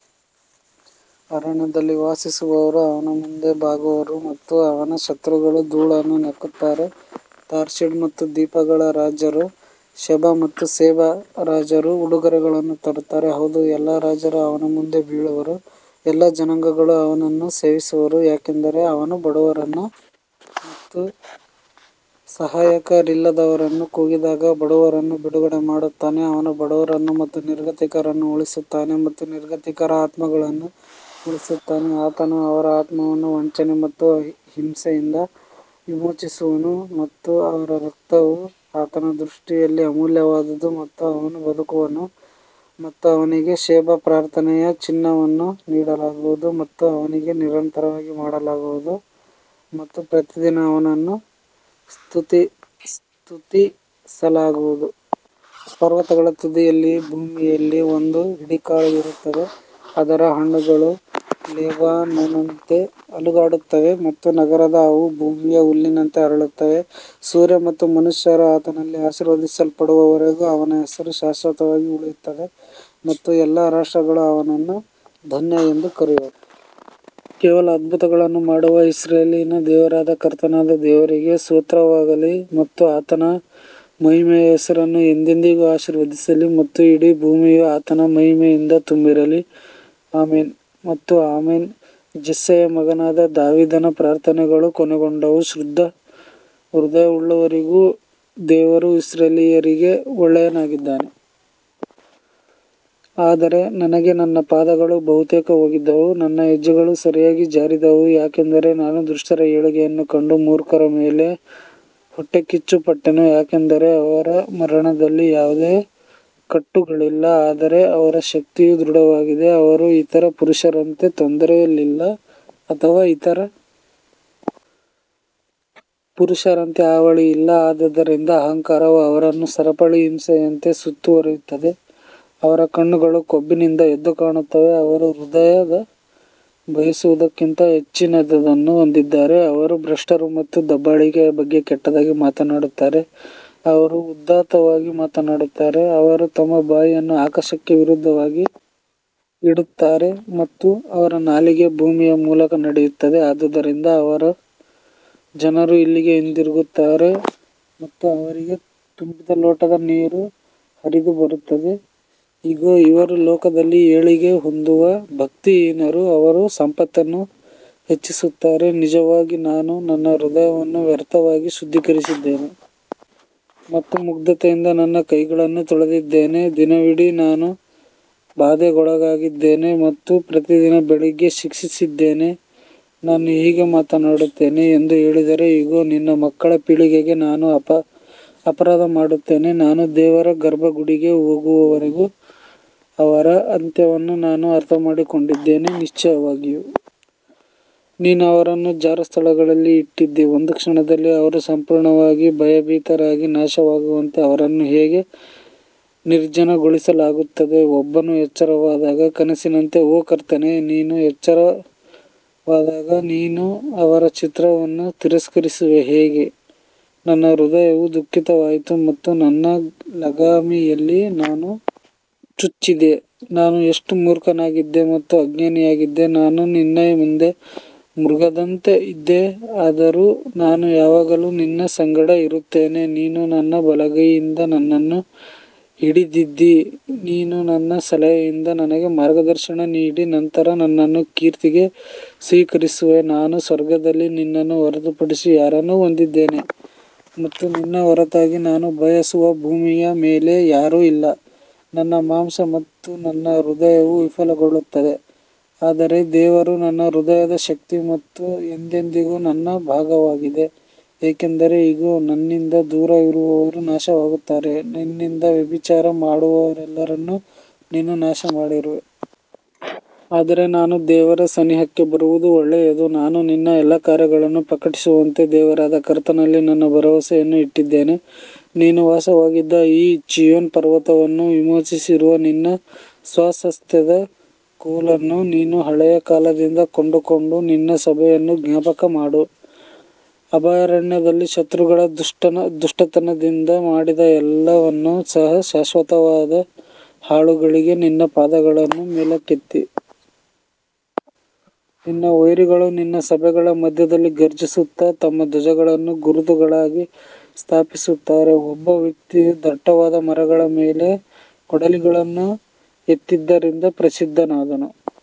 ಅರಣ್ಯದಲ್ಲಿ ವಾಸಿಸುವವರು ಅವನ ಮುಂದೆ ಬಾಗುವರು ಮತ್ತು ಅವನ ಶತ್ರುಗಳು ಧೂಳನ್ನು ನೆಕ್ಕುತ್ತಾರೆ ತಾರ್ಷೀಷ್ ಮತ್ತು ದ್ವೀಪಗಳ ರಾಜರು ಶೆಬಾ ಮತ್ತು ಸೇಬ ರಾಜರು ಉಡುಗೊರೆಗಳನ್ನು ತರುತ್ತಾರೆ. ಹೌದು, ಎಲ್ಲಾ ರಾಜರು ಅವನ ಮುಂದೆ ಬೀಳುವರು, ಎಲ್ಲಾ ಜನಾಂಗಗಳು ಅವನನ್ನು ಸೇವಿಸುವರು ಯಾಕಂದರೆ ಅವನು ಬಡವರನ್ನು ಮತ್ತು ಸಹಾಯಕರಿಲ್ಲದವರನ್ನು ಕೂಗಿದಾಗ ಬಡವರನ್ನು ಬಿಡುಗಡೆ ಮಾಡುತ್ತಾನೆ ಅವನು ಬಡವರನ್ನು ಮತ್ತು ನಿರ್ಗತಿಕರನ್ನು ಉಳಿಸುತ್ತಾನೆ ಮತ್ತು ನಿರ್ಗತಿಕರ ಆತ್ಮಗಳನ್ನು ಉಳಿಸುತ್ತಾನೆ ಆತನು ಅವರ ಆತ್ಮವನ್ನು ವಂಚನೆ ಮತ್ತು ಹಿಂಸೆಯಿಂದ ವಿಮೋಚಿಸುವನು ಮತ್ತು ಅವರ ರಕ್ತವು ಆತನ ದೃಷ್ಟಿಯಲ್ಲಿ ಅಮೂಲ್ಯವಾದುದು ಮತ್ತು ಅವನು ಬದುಕುವನು ಮತ್ತು ಅವನಿಗೆ ಶೆಬಾ ಪ್ರಾರ್ಥನೆಯ ಚಿನ್ನವನ್ನು ನೀಡಲಾಗುವುದು ಮತ್ತು ಅವನಿಗೆ ನಿರಂತರವಾಗಿ ಮಾಡಲಾಗುವುದು ಮತ್ತು ಪ್ರತಿದಿನ ಅವನನ್ನು ಸ್ತುತಿಸಲಾಗುವುದು. ಪರ್ವತಗಳ ತುದಿಯಲ್ಲಿ ಭೂಮಿಯಲ್ಲಿ ಒಂದು ಹಿಡಿ ಕಾಳು ಇರುತ್ತದೆ, ಅದರ ಹಣ್ಣುಗಳು ಲೆಬನೋನ್ನಂತೆ ಅಲುಗಾಡುತ್ತವೆ ಮತ್ತು ನಗರದ ಅವು ಭೂಮಿಯ ಹುಲ್ಲಿನಂತೆ ಅರಳುತ್ತವೆ. ಸೂರ್ಯ ಮತ್ತು ಮನುಷ್ಯರು ಆತನಲ್ಲಿ ಆಶೀರ್ವದಿಸಲ್ಪಡುವವರೆಗೂ ಅವನ ಹೆಸರು ಶಾಶ್ವತವಾಗಿ ಉಳಿಯುತ್ತದೆ ಮತ್ತು ಎಲ್ಲಾ ರಾಷ್ಟ್ರಗಳು ಅವನನ್ನು ಧನ್ಯ ಎಂದು ಕರೆಯುವರು ಕೇವಲ ಅದ್ಭುತಗಳನ್ನು ಮಾಡುವ ಇಸ್ರಾಯೇಲಿನ ದೇವರಾದ ಕರ್ತನಾದ ದೇವರಿಗೆ ಸ್ತೋತ್ರವಾಗಲಿ ಮತ್ತು ಆತನ ಮಹಿಮೆಯ ಹೆಸರನ್ನು ಎಂದೆಂದಿಗೂ ಆಶೀರ್ವದಿಸಲಿ ಮತ್ತು ಇಡೀ ಭೂಮಿಯು ಆತನ ಮಹಿಮೆಯಿಂದ ತುಂಬಿರಲಿ ಆಮೆನ್ ಮತ್ತು ಆಮೆನ್ ಜೆಸ್ಸೆಯ ಮಗನಾದ ದಾವೀದನ ಪ್ರಾರ್ಥನೆಗಳು ಕೊನೆಗೊಂಡವು ಶುದ್ಧ ಹೃದಯವುಳ್ಳವರಿಗೂ ದೇವರು ಇಸ್ರಾಯೇಲ್ಯರಿಗೆ ಒಳ್ಳೆಯವನಾಗಿದ್ದಾನೆ ಆದರೆ ನನಗೆ ನನ್ನ ಪಾದಗಳು ಬಹುತೇಕ ಹೋಗಿದ್ದವು, ನನ್ನ ಹೆಜ್ಜೆಗಳು ಸರಿಯಾಗಿ ಜಾರಿದವು ಯಾಕಂದರೆ ನಾನು ದುಷ್ಟರ ಏಳಿಗೆಯನ್ನು ಕಂಡು ಮೂರ್ಖರ ಮೇಲೆ ಹೊಟ್ಟೆಕಿಚ್ಚುಪಟ್ಟೆನು ಯಾಕಂದರೆ ಅವರ ಮರಣದಲ್ಲಿ ಯಾವುದೇ ಕಟ್ಟುಗಳಿಲ್ಲ ಆದರೆ ಅವರ ಶಕ್ತಿಯು ದೃಢವಾಗಿದೆ ಅವರು ಇತರ ಪುರುಷರಂತೆ ತೊಂದರೆಯಲ್ಲಿಲ್ಲ ಅಥವಾ ಇತರ ಪುರುಷರಂತೆ ಹಾವಳಿಯಿಲ್ಲ ಆದದರಿಂದ ಅಹಂಕಾರವು ಅವರನ್ನು ಸರಪಳಿ ಹಿಂಸೆಯಂತೆ ಸುತ್ತುವರಿಯುತ್ತದೆ ಅವರ ಕಣ್ಣುಗಳು ಕೊಬ್ಬಿನಿಂದ ಎದ್ದು ಕಾಣುತ್ತವೆ, ಅವರು ಹೃದಯ ಬಯಸುವುದಕ್ಕಿಂತ ಹೆಚ್ಚಿನದನ್ನು ಹೊಂದಿದ್ದಾರೆ ಅವರು ಭ್ರಷ್ಟರು ಮತ್ತು ದಬ್ಬಾಳಿಕೆಯ ಬಗ್ಗೆ ಕೆಟ್ಟದಾಗಿ ಮಾತನಾಡುತ್ತಾರೆ ಅವರು ಉದಾತ್ತವಾಗಿ ಮಾತನಾಡುತ್ತಾರೆ ಅವರು ತಮ್ಮ ಬಾಯಿಯನ್ನು ಆಕಾಶಕ್ಕೆ ವಿರುದ್ಧವಾಗಿ ಇಡುತ್ತಾರೆ ಮತ್ತು ಅವರ ನಾಲಿಗೆ ಭೂಮಿಯ ಮೂಲಕ ನಡೆಯುತ್ತದೆ ಆದುದರಿಂದ ಅವನ ಜನರು ಇಲ್ಲಿಗೆ ಹಿಂತಿರುಗುತ್ತಾರೆ ಮತ್ತು ಅವರಿಗೆ ತುಂಬಿದ ಲೋಟದ ನೀರು ಹರಿದುಬರುತ್ತದೆ ಇಗೋ ಇವರು ಲೋಕದಲ್ಲಿ ಏಳಿಗೆ ಹೊಂದುವ ಭಕ್ತಿಹೀನರು ಅವರು ಸಂಪತ್ತನ್ನು ಹೆಚ್ಚಿಸುತ್ತಾರೆ ನಿಜವಾಗಿ ನಾನು ನನ್ನ ಹೃದಯವನ್ನು ವ್ಯರ್ಥವಾಗಿ ಶುದ್ಧೀಕರಿಸಿದ್ದೇನೆ ಮತ್ತು ಮುಗ್ಧತೆಯಿಂದ ನನ್ನ ಕೈಗಳನ್ನು ತೊಳೆದಿದ್ದೇನೆ ದಿನವಿಡೀ ನಾನು ಬಾಧೆಗೊಳಗಾಗಿದ್ದೇನೆ ಮತ್ತು ಪ್ರತಿದಿನ ಬೆಳಿಗ್ಗೆ ಶಿಕ್ಷಿಸಿದ್ದೇನೆ ನಾನು ಹೀಗೆ ಮಾತನಾಡುತ್ತೇನೆ ಎಂದು ಹೇಳಿದರೆ ಇಗೋ, ನಿನ್ನ ಮಕ್ಕಳ ಪೀಳಿಗೆಗೆ ನಾನು ಅಪರಾಧ ಮಾಡುತ್ತೇನೆ ನಾನು ದೇವರ ಗರ್ಭಗುಡಿಗೆ ಹೋಗುವವರೆಗೂ ಅವರ ಅಂತ್ಯವನ್ನು ನಾನು ಅರ್ಥಮಾಡಿಕೊಂಡಿದ್ದೇನೆ ನಿಶ್ಚಯವಾಗಿಯೂ ನೀನು ಅವರನ್ನು ಜಾರು ಸ್ಥಳಗಳಲ್ಲಿ ಇಟ್ಟಿದ್ದೀ ಒಂದು ಕ್ಷಣದಲ್ಲಿ ಅವರು ಸಂಪೂರ್ಣವಾಗಿ ಭಯಭೀತರಾಗಿ ನಾಶವಾಗುವಂತೆ ಅವರನ್ನು ಹೇಗೆ ನಿರ್ಜನಗೊಳಿಸಲಾಗುತ್ತದೆ ಒಬ್ಬನು ಎಚ್ಚರವಾದಾಗ ಕನಸಿನಂತೆ ಓ ಕರ್ತನೇ, ನೀನು ಎಚ್ಚರವಾದಾಗ ನೀನು ಅವರ ಚಿತ್ರವನ್ನು ತಿರಸ್ಕರಿಸುವೆ ಹೀಗೆ ನನ್ನ ಹೃದಯವು ದುಃಖಿತವಾಯಿತು ಮತ್ತು ನನ್ನ ಲಗಾಮಿಯಲ್ಲಿ ನಾನು ಚುಚ್ಚಿದೆ ನಾನು ಎಷ್ಟು ಮೂರ್ಖನಾಗಿದ್ದೆ ಮತ್ತು ಅಜ್ಞಾನಿಯಾಗಿದ್ದ ನಾನು ನಿನ್ನ ಮುಂದೆ ಮೃಗದಂತೆ ಇದ್ದೆ ಆದರೂ ನಾನು ಯಾವಾಗಲೂ ನಿನ್ನ ಸಂಗಡ ಇರುತ್ತೇನೆ ನೀನು ನನ್ನ ಬಲಗೈಯಿಂದ ನನ್ನನ್ನು ಹಿಡಿದಿದ್ದೀ ನೀನು ನಿನ್ನ ಸಲಹೆಯಿಂದ ನನಗೆ ಮಾರ್ಗದರ್ಶನ ನೀಡಿ ನಂತರ ನನ್ನನ್ನು ಕೀರ್ತಿಗೆ ಸ್ವೀಕರಿಸುವೆ ನಾನು ಸ್ವರ್ಗದಲ್ಲಿ ನಿನ್ನನ್ನು ಹೊರತುಪಡಿಸಿ ಯಾರನ್ನು ಹೊಂದಿದ್ದೇನೆ ಮತ್ತು ನಿನ್ನ ಹೊರತಾಗಿ ನಾನು ಬಯಸುವ ಭೂಮಿಯ ಮೇಲೆ ಯಾರೂ ಇಲ್ಲ ನನ್ನ ಮಾಂಸ ಮತ್ತು ನನ್ನ ಹೃದಯವು ವಿಫಲಗೊಳ್ಳುತ್ತದೆ ಆದರೆ ದೇವರು ನನ್ನ ಹೃದಯದ ಶಕ್ತಿ ಮತ್ತು ಎಂದೆಂದಿಗೂ ನನ್ನ ಭಾಗವಾಗಿದೆ ಯಾಕಂದರೆ ಇಗೋ, ನಿನ್ನಿಂದ ದೂರವಿರುವವರು ನಾಶವಾಗುತ್ತಾರೆ, ನಿನ್ನಿಂದ ವ್ಯಭಿಚಾರ ಮಾಡುವವರೆಲ್ಲರನ್ನು ನೀನು ನಾಶಮಾಡಿರುವೆ. ಆದರೆ ನಾನು ದೇವರ ಸನಿಹಕ್ಕೆ ಬರುವುದು ಒಳ್ಳೆಯದು, ನಾನು ನಿನ್ನ ಎಲ್ಲಾ ಕಾರ್ಯಗಳನ್ನು ಪ್ರಕಟಿಸುವಂತೆ ದೇವರಾದ ಕರ್ತನಲ್ಲಿ ನನ್ನ ಭರವಸೆಯನ್ನು ಇಟ್ಟಿದ್ದೇನೆ. ನೀನು ವಾಸವಾಗಿದ್ದ ಈ ಚೀಯೋನ್ ಪರ್ವತವನ್ನು ವಿಮೋಚಿಸಿರುವ ನಿನ್ನ ಸ್ವಾಸ್ತ್ಯದ ಕೋಲನ್ನು ನೀನು ಹಳೆಯ ಕಾಲದಿಂದ ಕೊಂಡುಕೊಂಡ ನಿನ್ನ ಸಭೆಯನ್ನು ಜ್ಞಾಪಕಮಾಡು. ಅಭಯಾರಣ್ಯದಲ್ಲಿ ಶತ್ರುಗಳು ದುಷ್ಟತನದಿಂದ ಮಾಡಿದ ಎಲ್ಲವನ್ನು ಸಹ ಶಾಶ್ವತವಾದ ಹಾಳುಗಳಿಗೆ ನಿನ್ನ ಪಾದಗಳನ್ನು ಮೇಲಕ್ಕೆತ್ತಿ. ನಿನ್ನ ವೈರಿಗಳು ನಿನ್ನ ಸಭೆಗಳ ಮಧ್ಯದಲ್ಲಿ ಘರ್ಜಿಸುತ್ತಾ ತಮ್ಮ ಧ್ವಜಗಳನ್ನು ಗುರುತುಗಳಿಗಾಗಿ ಸ್ಥಾಪಿಸುತ್ತಾರೆ ಒಬ್ಬ ವ್ಯಕ್ತಿಯು ದಟ್ಟವಾದ ಮರಗಳ ಮೇಲೆ ಕೊಡಲಿಗಳನ್ನು ಎತ್ತಿದ್ದರಿಂದ ಪ್ರಸಿದ್ಧನಾದನು.